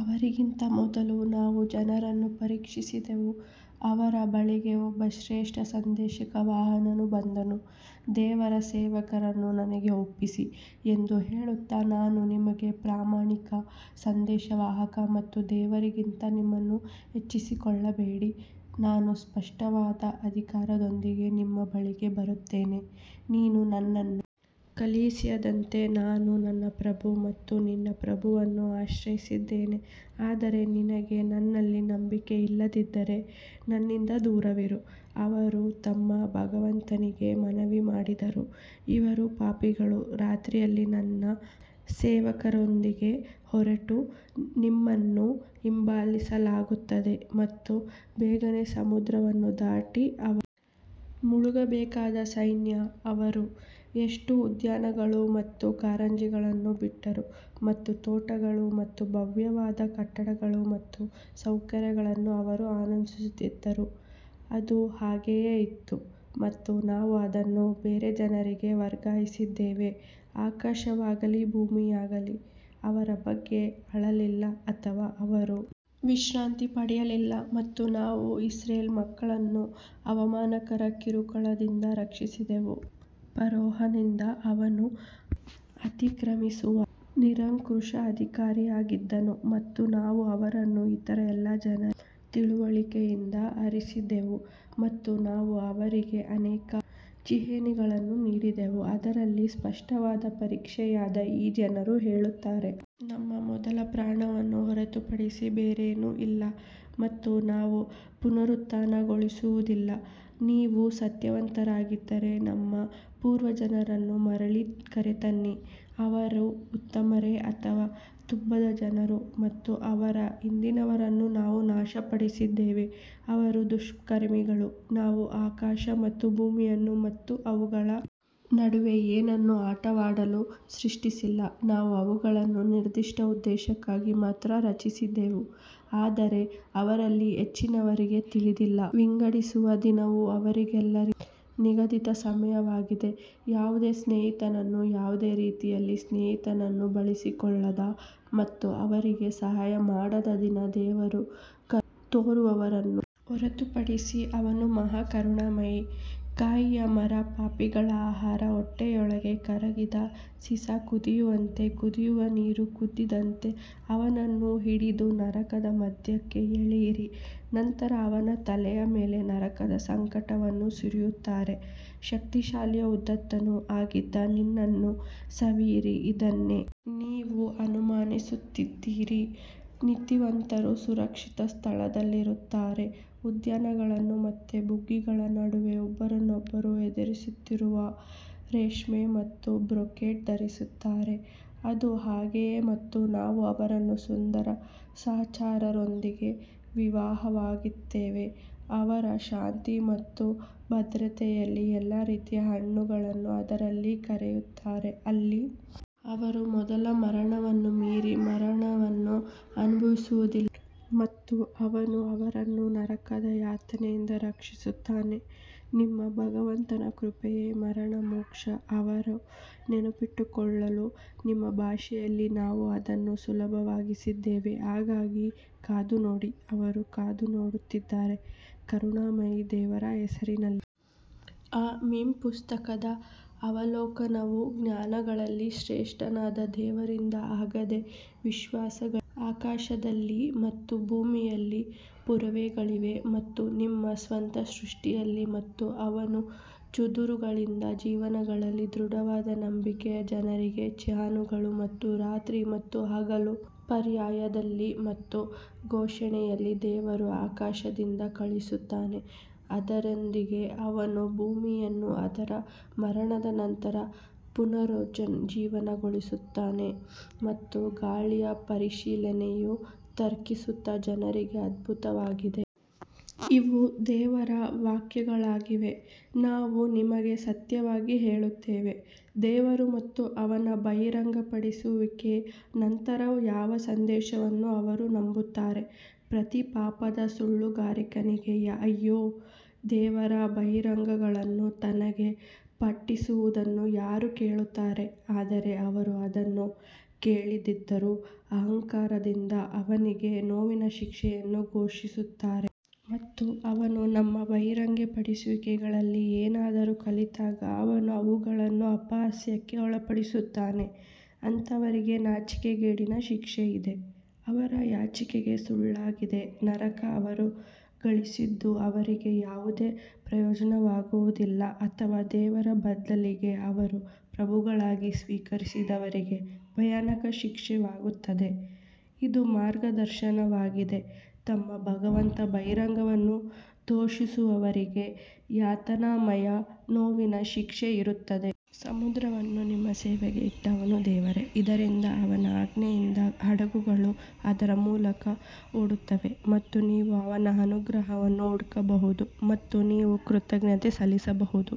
ಅವರಿಗಿಂತ ಮೊದಲು ನಾವು ಜನರನ್ನು ಪರೀಕ್ಷಿಸಿದೆವು ಅವರ ಬಳಿಗೆ ಒಬ್ಬ ಶ್ರೇಷ್ಠ ಸಂದೇಶವಾಹಕನು ಬಂದನು ದೇವರ ಸೇವಕರನ್ನು ನನಗೆ ಒಪ್ಪಿಸಿ ಎಂದು ಹೇಳುತ್ತಾ ನಾನು ನಿಮಗೆ ಪ್ರಾಮಾಣಿಕ ಸಂದೇಶವಾಹಕ ಮತ್ತು ದೇವರಿಗಿಂತ ನಿಮ್ಮನ್ನು ಹೆಚ್ಚಿಸಿಕೊಳ್ಳಬೇಡಿ, ನಾನು ಸ್ಪಷ್ಟವಾದ ಅಧಿಕಾರದೊಂದಿಗೆ ನಿಮ್ಮ ಬಳಿಗೆ ಬರುತ್ತೇನೆ ನೀನು ನನ್ನನ್ನು ಕಲ್ಲೆಸೆಯದಂತೆ ನಾನು ನನ್ನ ಪ್ರಭು ಮತ್ತು ನಿನ್ನ ಪ್ರಭುವನ್ನು ಆಶ್ರಯಿಸಿದ್ದೇನೆ ಆದರೆ ನಿನಗೆ ನನ್ನಲ್ಲಿ ನಂಬಿಕೆ ಇಲ್ಲದಿದ್ದರೆ ನನ್ನಿಂದ ದೂರವಿರು ಅವರು ತಮ್ಮ ಭಗವಂತನಿಗೆ ಮನವಿ ಮಾಡಿದರು ಇವರು ಪಾಪಿಗಳು ರಾತ್ರಿಯಲ್ಲಿ ನನ್ನ ಸೇವಕರೊಂದಿಗೆ ಹೊರಟು, ನಿಮ್ಮನ್ನು ಹಿಂಬಾಲಿಸಲಾಗುತ್ತದೆ ಮತ್ತು ಬೇಗನೆ ಸಮುದ್ರವನ್ನು ದಾಟಿ ಅವರು ಮುಳುಗಬೇಕಾದ ಸೈನ್ಯ ಅವರು ಎಷ್ಟು ಉದ್ಯಾನಗಳು ಮತ್ತು ಕಾರಂಜಿಗಳನ್ನು ಬಿಟ್ಟರು ಮತ್ತು ತೋಟಗಳು ಮತ್ತು ಭವ್ಯವಾದ ಕಟ್ಟಡಗಳು ಮತ್ತು ಸೌಕರ್ಯಗಳನ್ನು ಅವರು ಆನಂದಿಸುತ್ತಿದ್ದರು ಅದು ಹಾಗೆಯೇ ಇತ್ತು ಮತ್ತು ನಾವು ಅದನ್ನು ಬೇರೆ ಜನರಿಗೆ ವರ್ಗಾಯಿಸಿದ್ದೇವೆ ಆಕಾಶವಾಗಲಿ ಭೂಮಿಯಾಗಲಿ ಅವರ ಬಗ್ಗೆ ಅಳಲಿಲ್ಲ ಅಥವಾ ಅವರು ವಿಶ್ರಾಂತಿ ಪಡೆಯಲಿಲ್ಲ ಮತ್ತು ನಾವು ಇಸ್ರಾಯೇಲ್ ಮಕ್ಕಳನ್ನು ಅವಮಾನಕರ ಕಿರುಕುಳದಿಂದ ರಕ್ಷಿಸಿದೆವು ಫರೋಹನಿಂದ ಅವನು ಅತಿಕ್ರಮಿಸುವ ನಿರಂಕುಶಾಧಿಕಾರಿಯಾಗಿದ್ದನು ಮತ್ತು ನಾವು ಅವರನ್ನು ಇತರ ಎಲ್ಲ ಜನರಿಗಿಂತ ತಿಳುವಳಿಕೆಯಿಂದ ಆರಿಸಿದ್ದೇವೆ ಮತ್ತು ನಾವು ಅವರಿಗೆ ಅನೇಕ ಚಿಹ್ನೆಗಳನ್ನು ನೀಡಿದ್ದೇವೆ, ಅದರಲ್ಲಿ ಸ್ಪಷ್ಟವಾದ ಪರೀಕ್ಷೆಯಾಗಿದೆ ಈ ಜನರು ಹೇಳುತ್ತಾರೆ ನಮ್ಮ ಮೊದಲ ಮರಣವನ್ನು ಹೊರತುಪಡಿಸಿ ಬೇರೇನೂ ಇಲ್ಲ ಮತ್ತು ನಾವು ಪುನರುತ್ಥಾನಗೊಳ್ಳುವುದಿಲ್ಲ ನೀವು ಸತ್ಯವಂತರಾಗಿದ್ದರೆ ನಮ್ಮ ಪೂರ್ವಜರನ್ನು ಮರಳಿ ಕರೆತನ್ನಿ ಅವರು ಉತ್ತಮರೇ ಅಥವಾ ತುಬ್ಬದ ಜನರು ಮತ್ತು ಅವರ ಹಿಂದಿನವರನ್ನು ನಾವು ನಾಶಪಡಿಸಿದ್ದೇವೆ ಅವರು ದುಷ್ಕರ್ಮಿಗಳು ನಾವು ಆಕಾಶ ಮತ್ತು ಭೂಮಿಯನ್ನು ಮತ್ತು ಅವುಗಳ ನಡುವೆ ಏನನ್ನು ಆಟವಾಡಲು ಸೃಷ್ಟಿಸಿಲ್ಲ ನಾವು ಅವುಗಳನ್ನು ನಿರ್ದಿಷ್ಟ ಉದ್ದೇಶಕ್ಕಾಗಿ ಮಾತ್ರ ರಚಿಸಿದ್ದೇವೆ ಆದರೆ ಅವರಲ್ಲಿ ಹೆಚ್ಚಿನವರಿಗೆ ತಿಳಿದಿಲ್ಲ ವಿಂಗಡಿಸುವ ದಿನವು ಅವರೆಲ್ಲರಿಗೂ ನಿಗದಿತ ಸಮಯವಾಗಿದೆ ಯಾವುದೇ ಸ್ನೇಹಿತನು ಯಾವುದೇ ರೀತಿಯಲ್ಲಿ ಸ್ನೇಹಿತನನ್ನು ಬಳಸಿಕೊಳ್ಳದ ಮತ್ತು ಅವರಿಗೆ ಸಹಾಯ ಮಾಡದ ದಿನ ದೇವರು ಕರುಣೆ ತೋರುವವರನ್ನು ಹೊರತುಪಡಿಸಿ ಅವನು ಮಹಾ ಕರುಣಾಮಯಿ ಕಹಿಯ ಮರ ಪಾಪಿಗಳ ಆಹಾರ ಹೊಟ್ಟೆಯೊಳಗೆ ಕರಗಿದ ಸೀಸ ಕುದಿಯುವಂತೆ ಕುದಿಯುವ ನೀರು ಕುದಿದಂತೆ ಅವನನ್ನು ಹಿಡಿದು ನರಕದ ಮಧ್ಯಕ್ಕೆ ಎಳೆಯಿರಿ ನಂತರ ಅವನ ತಲೆಯ ಮೇಲೆ ನರಕದ ಸಂಕಟವನ್ನು ಸುರಿಯುತ್ತಾರೆ ಶಕ್ತಿಶಾಲಿಯೂ ಉದಾತ್ತನೂ ಆಗಿದ್ದ ನಿನ್ನನ್ನು ಸವಿಯಿರಿ ಇದನ್ನೇ ನೀವು ಅನುಮಾನಿಸುತ್ತಿದ್ದೀರಿ ನೀತಿವಂತರು ಸುರಕ್ಷಿತ ಸ್ಥಳದಲ್ಲಿರುತ್ತಾರೆ ಉದ್ಯಾನಗಳು ಮತ್ತು ಬುಗ್ಗೆಗಳ ನಡುವೆ ಒಬ್ಬರನ್ನೊಬ್ಬರು ಎದುರಿಸುತ್ತಿರುವ ರೇಷ್ಮೆ ಮತ್ತು ಬ್ರೊಕೇಡ್ ಧರಿಸುತ್ತಾರೆ ಅದು ಹಾಗೆಯೇ ಮತ್ತು ನಾವು ಅವರನ್ನು ಸುಂದರ ಸಹಚರರೊಂದಿಗೆ ವಿವಾಹವಾಗುತ್ತೇವೆ ಅವರು ಶಾಂತಿ ಮತ್ತು ಭದ್ರತೆಯಲ್ಲಿ ಎಲ್ಲಾ ರೀತಿಯ ಹಣ್ಣುಗಳನ್ನು ಅದರಲ್ಲಿ ಕರೆಯುತ್ತಾರೆ ಅಲ್ಲಿ ಅವರು ಮೊದಲ ಮರಣವನ್ನು ಮೀರಿ ಮರಣವನ್ನು ಅನುಭವಿಸುವುದಿಲ್ಲ ಮತ್ತು ಅವನು ಅವರನ್ನು ನರಕದ ಯಾತನೆಯಿಂದ ರಕ್ಷಿಸುತ್ತಾನೆ ನಿಮ್ಮ ಭಗವಂತನ ಕೃಪೆಯೇ ಪರಮ ಮೋಕ್ಷ ಅವರು ನೆನಪಿಟ್ಟುಕೊಳ್ಳಲು ನಿಮ್ಮ ಭಾಷೆಯಲ್ಲಿ ನಾವು ಅದನ್ನು ಸುಲಭಗೊಳಿಸಿದ್ದೇವೆ ಹಾಗಾಗಿ ಕಾದು ನೋಡಿ ಅವರೂ ಕಾದು ನೋಡುತ್ತಿದ್ದಾರೆ ಕರುಣಾಮಯಿ ದೇವರ ಹೆಸರಿನಲ್ಲಿ ಹಾ ಮೀಮ್ ಪುಸ್ತಕದ ಅವಲೋಕನವು ಜ್ಞಾನಿಗಳಲ್ಲಿ ಶ್ರೇಷ್ಠನಾದ ದೇವರಿಂದ ಆಗಿದೆ ವಿಶ್ವಾಸಿಗಳಿಗೆ ಆಕಾಶಗಳಲ್ಲಿ ಮತ್ತು ಭೂಮಿಯಲ್ಲಿ ಪುರಾವೆಗಳಿವೆ ಮತ್ತು ನಿಮ್ಮ ಸ್ವಂತ ಸೃಷ್ಟಿಯಲ್ಲಿ ಮತ್ತು ಅವನು ಚದುರಿದ ಜೀವಿಗಳಲ್ಲಿ ದೃಢವಾದ ನಂಬಿಕೆಯ ಜನರಿಗೆ ಚಿಹ್ನೆಗಳು ಮತ್ತು ರಾತ್ರಿ ಮತ್ತು ಹಗಲುಗಳ ಪರ್ಯಾಯದಲ್ಲಿ ಮತ್ತು ಪೋಷಣೆಯಲ್ಲಿ ದೇವರು ಆಕಾಶದಿಂದ ಕಳುಹಿಸುತ್ತಾನೆ, ಅದರೊಂದಿಗೆ ಅವನು ಭೂಮಿಯನ್ನು ಅದರ ಮರಣದ ನಂತರ ಪುನರುಜ್ಜೀವನಗೊಳಿಸುತ್ತಾನೆ ಮತ್ತು ಗಾಳಿಯ ಪರಿಚಲನೆಯು ತರ್ಕಿಸುವ ಜನರಿಗೆ ಅದ್ಭುತವಾಗಿದೆ. ಇವು ದೇವರ ವಾಕ್ಯಗಳಾಗಿವೆ, ನಾವು ನಿಮಗೆ ಸತ್ಯವಾಗಿ ಹೇಳುತ್ತೇವೆ, ದೇವರು ಮತ್ತು ಅವನ ಬಹಿರಂಗಪಡಿಸುವಿಕೆಯ ನಂತರ ಯಾವ ಸಂದೇಶವನ್ನು ಅವರು ನಂಬುತ್ತಾರೆ ಪ್ರತಿ ಪಾಪದ ಸುಳ್ಳುಗಾರನಿಗೆ ಅಯ್ಯೋ ದೇವರ ಬಹಿರಂಗಗಳನ್ನು ತನಗೆ ಪಠಿಸುವುದನ್ನು ಯಾರು ಕೇಳುತ್ತಾರೆ, ಆದರೆ ಅವರು ಅದನ್ನು ಕೇಳದಿದ್ದರೂ ಅಹಂಕಾರದಿಂದ ಅವನಿಗೆ ನೋವಿನ ಶಿಕ್ಷೆಯನ್ನು ಘೋಷಿಸುತ್ತಾರೆ. ಮತ್ತು ಅವನು ನಮ್ಮ ಬಹಿರಂಗಪಡಿಸುವಿಕೆಗಳಲ್ಲಿ ಏನನ್ನಾದರೂ ಕಲಿತಾಗ ಅವನು ಅವುಗಳನ್ನು ಅಪಹಾಸ್ಯಕ್ಕೆ ಒಳಪಡಿಸುತ್ತಾನೆ, ಅಂತಹವರಿಗೆ ನಾಚಿಕೆಗೇಡಿನ ಶಿಕ್ಷೆ ಇದೆ. ಅವರ ಆಚೆಗೆ ಸುಳ್ಳಾಗಿದೆ ನರಕ ಅವರು ಗಳಿಸಿದ್ದು ಅವರಿಗೆ ಯಾವುದೇ ಪ್ರಯೋಜನವಾಗುವುದಿಲ್ಲ ಅಥವಾ ದೇವರ ಬದಲಿಗೆ ಅವರು ಪ್ರಭುಗಳಾಗಿ ಸ್ವೀಕರಿಸಿದವರಿಗೆ ಭಯಾನಕ ಶಿಕ್ಷೆಯಾಗುತ್ತದೆ. ಇದು ಮಾರ್ಗದರ್ಶನವಾಗಿದೆ ತಮ್ಮ ಭಗವಂತನ ಬಹಿರಂಗವನ್ನು ದೂಷಿಸುವವರಿಗೆ ಯಾತನಾಮಯ ನೋವಿನ ಶಿಕ್ಷೆ ಇರುತ್ತದೆ. ಸಮುದ್ರವನ್ನು ನಿಮ್ಮ ಸೇವೆಗೆ ಇಟ್ಟವನು ದೇವರೇ, ಇದರಿಂದ ಅವನ ಆಜ್ಞೆಯಿಂದ ಹಡಗುಗಳು ಅದರ ಮೂಲಕ ಓಡುತ್ತವೆ ಮತ್ತು ನೀವು ಅವನ ಅನುಗ್ರಹವನ್ನು ಹುಡುಕಬಹುದು ಮತ್ತು ನೀವು ಕೃತಜ್ಞತೆ ಸಲ್ಲಿಸಬಹುದು.